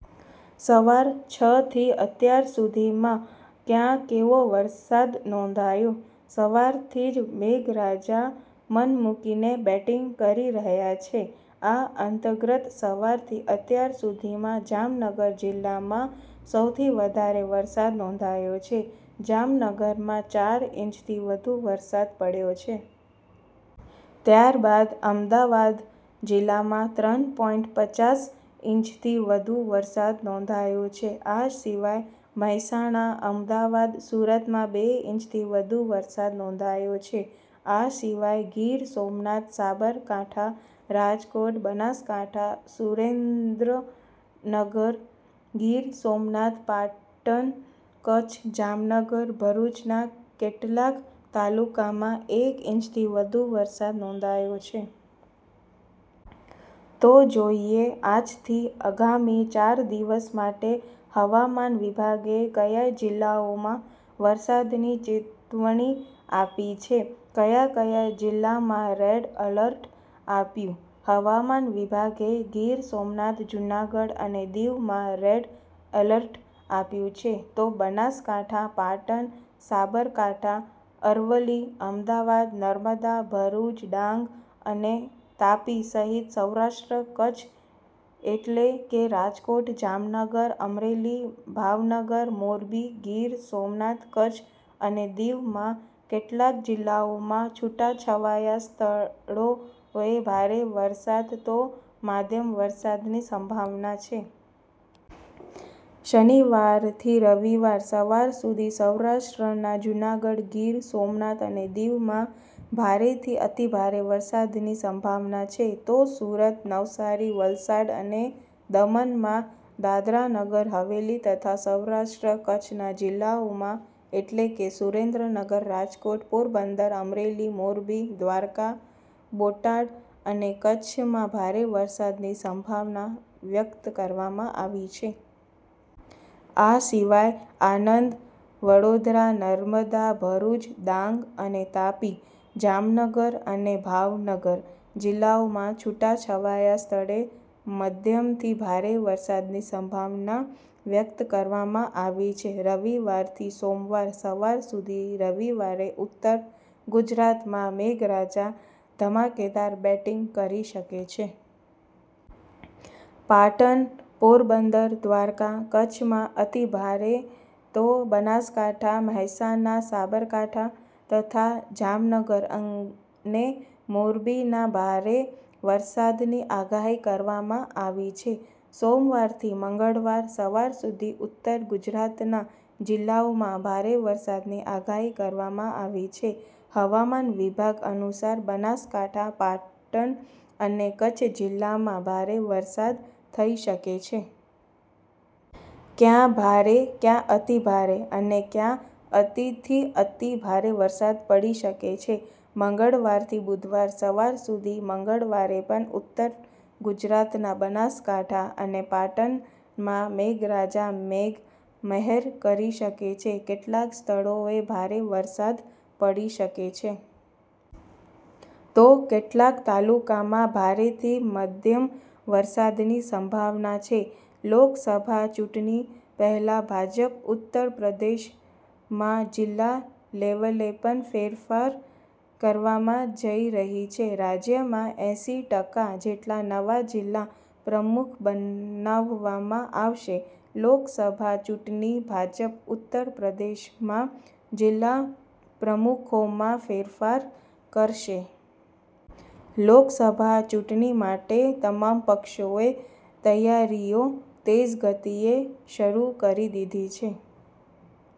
સવાર છ થી અત્યાર સુધીમાં ક્યાં કેવો વરસાદ નોંધાયો? સવારથી જ મેઘરાજા મનમુકીને બેટીંગ કરી રહ્યા છે. આ અંતર્ગત સવારથી અત્યાર સુધીમાં જામનગર જિલ્લામાં સૌથી વધારે વરસાદ નોંધાયો છે. જામનગરમાં ચાર ઈંચથી વધુ વરસાદ પડ્યો છે. ત્યારબાદ અમદાવાદ જિલ્લામાં ત્રણ પોઈંટ પચાસ ઈંચથી વધુ વરસાદ નોંધાયો છે. આ સિવાય મહેસાણા, અમદાવાદ, સુરતમાં બે ઈંચથી વધુ વરસાદ નોંધાયો છે. આ સિવાય ગીર સોમનાથ, સાબરકાંઠા, રાજકોટ, બનાસકાંઠા, સુરેનદ્રનગર, ગીર સોમનાથ, પાટણ, કચ્છ, જામનગર, ભરૂચના કેટલાક તાલુકામાં એક ઈંચથી વધુ વરસાદ નોંધાયો છે. તો જોઈએ આજથી આગામી ચાર દિવસ માટે હવામાન વિભાગે કયા જિલ્લાઓમાં વરસાદની ચેતવણી આપી છે. ક્યા કયા જિલ્લામાં રેડ એલર્ટ આપ્યું? હવામાન વિભાગે ગીર સોમનાથ, જુનાગઢ અને દિવમાં રેડ એલર્ટ આપ્યું છે. તો બનાસકાંઠા, પાટણ, સાબરકાંઠા, અરવલ્લી, અમદાવાદ, નર્મદા, ભરૂચ, ડાંગ અને તાપી સહિત સૌરાષ્ટ્ર- કચ્છ એટલે કે રાજકોટ, જામનગર, અમરેલી, ભાવનગર, મોરબી, ગીર સોમનાથ, કચ્છ અને દીવમાં કેટલાક જિલ્લાઓમાં છૂટાછવાયા સ્થળોએ ભારે વરસાદ તો મધ્યમ વરસાદની સંભાવના છે. શનિવારથી રવિવાર સવાર સુધી સૌરાષ્ટ્રના જુનાગઢ, ગીર સોમનાથ અને દીવમાં ભારેથી અતિભારે વરસાદની સંભાવના છે. તો સુરત, નવસારી, વલસાડ અને દમણમાં, દાદરા નગર હવેલી તથા સૌરાષ્ટ્ર-કચ્છના જિલ્લાઓમાં એટલે કે સુરેન્દ્રનગર, રાજકોટ, પોરબંદર, અમરેલી, મોરબી, દ્વારકા, બોટાદ અને કચ્છમાં ભારે વરસાદની સંભાવના વ્યક્ત કરવામાં આવી છે. આ સિવાય આણંદ, વડોદરા, નર્મદા, ભરૂચ, ડાંગ અને તાપી, જામનગર અને ભાવનગર જિલ્લાઓમાં છૂટાછવાયા સ્થળે મધ્યમથી ભારે વરસાદની સંભાવના વ્યક્ત કરવામાં આવી છે. રવિવારથી સોમવાર સવાર સુધી રવિવારે ઉત્તર ગુજરાતમાં મેઘરાજા ધમાકેદાર બેટીંગ કરી શકે છે. પાટણ, પોરબંદર, દ્વારકા, કચ્છમાં અતિભારે તો બનાસકાંઠા, મહેસાણા, સાબરકાંઠા તથા જામનગર અને મોરબીમાં ભારે વરસાદની આગાહી કરવામાં આવી છે. સોમવારથી મંગળવાર સવાર સુધી ઉત્તર ગુજરાતના જિલ્લાઓમાં ભારે વરસાદની આગાહી કરવામાં આવી છે. હવામાન વિભાગ અનુસાર, બનાસકાંઠા, પાટણ અને કચ્છ જિલ્લામાં ભારે વરસાદ થઈ શકે છે. ક્યાં ભારે, ક્યાં અતિભારે અને ક્યાં અતિથી અતિભારે વરસાદ પડી શકે છે? મંગળવારથી બુધવાર સવાર સુધી મંગળવારે પણ ઉત્તર ગુજરાતના બનાસકાંઠા અને પાટણમાં મેઘરાજા મેઘ મહેર કરી શકે છે. કેટલાક સ્થળોએ ભારે વરસાદ પડી શકે છે. તો કેટલાક તાલુકામાં ભારેથી મધ્યમ વરસાદની સંભાવના છે. લોકસભા ચૂંટણી પહેલા ભાજપ ઉત્તર પ્રદેશમાં જિલ્લા લેવલે પણ ફેરફાર કરવા જઈ રહી છે. રાજ્યમાં એંસી ટકા જેટલા નવા જિલ્લા પ્રમુખ બનાવવામાં આવશે. લોકસભા ચૂંટણી – ભાજપ ઉત્તર પ્રદેશમાં જિલ્લા પ્રમુખોમાં ફેરફાર કરશે. લોકસભા ચૂંટણી માટે તમામ પક્ષોએ તૈયારીઓ તેજ ગતિએ શરૂ કરી દીધી છે.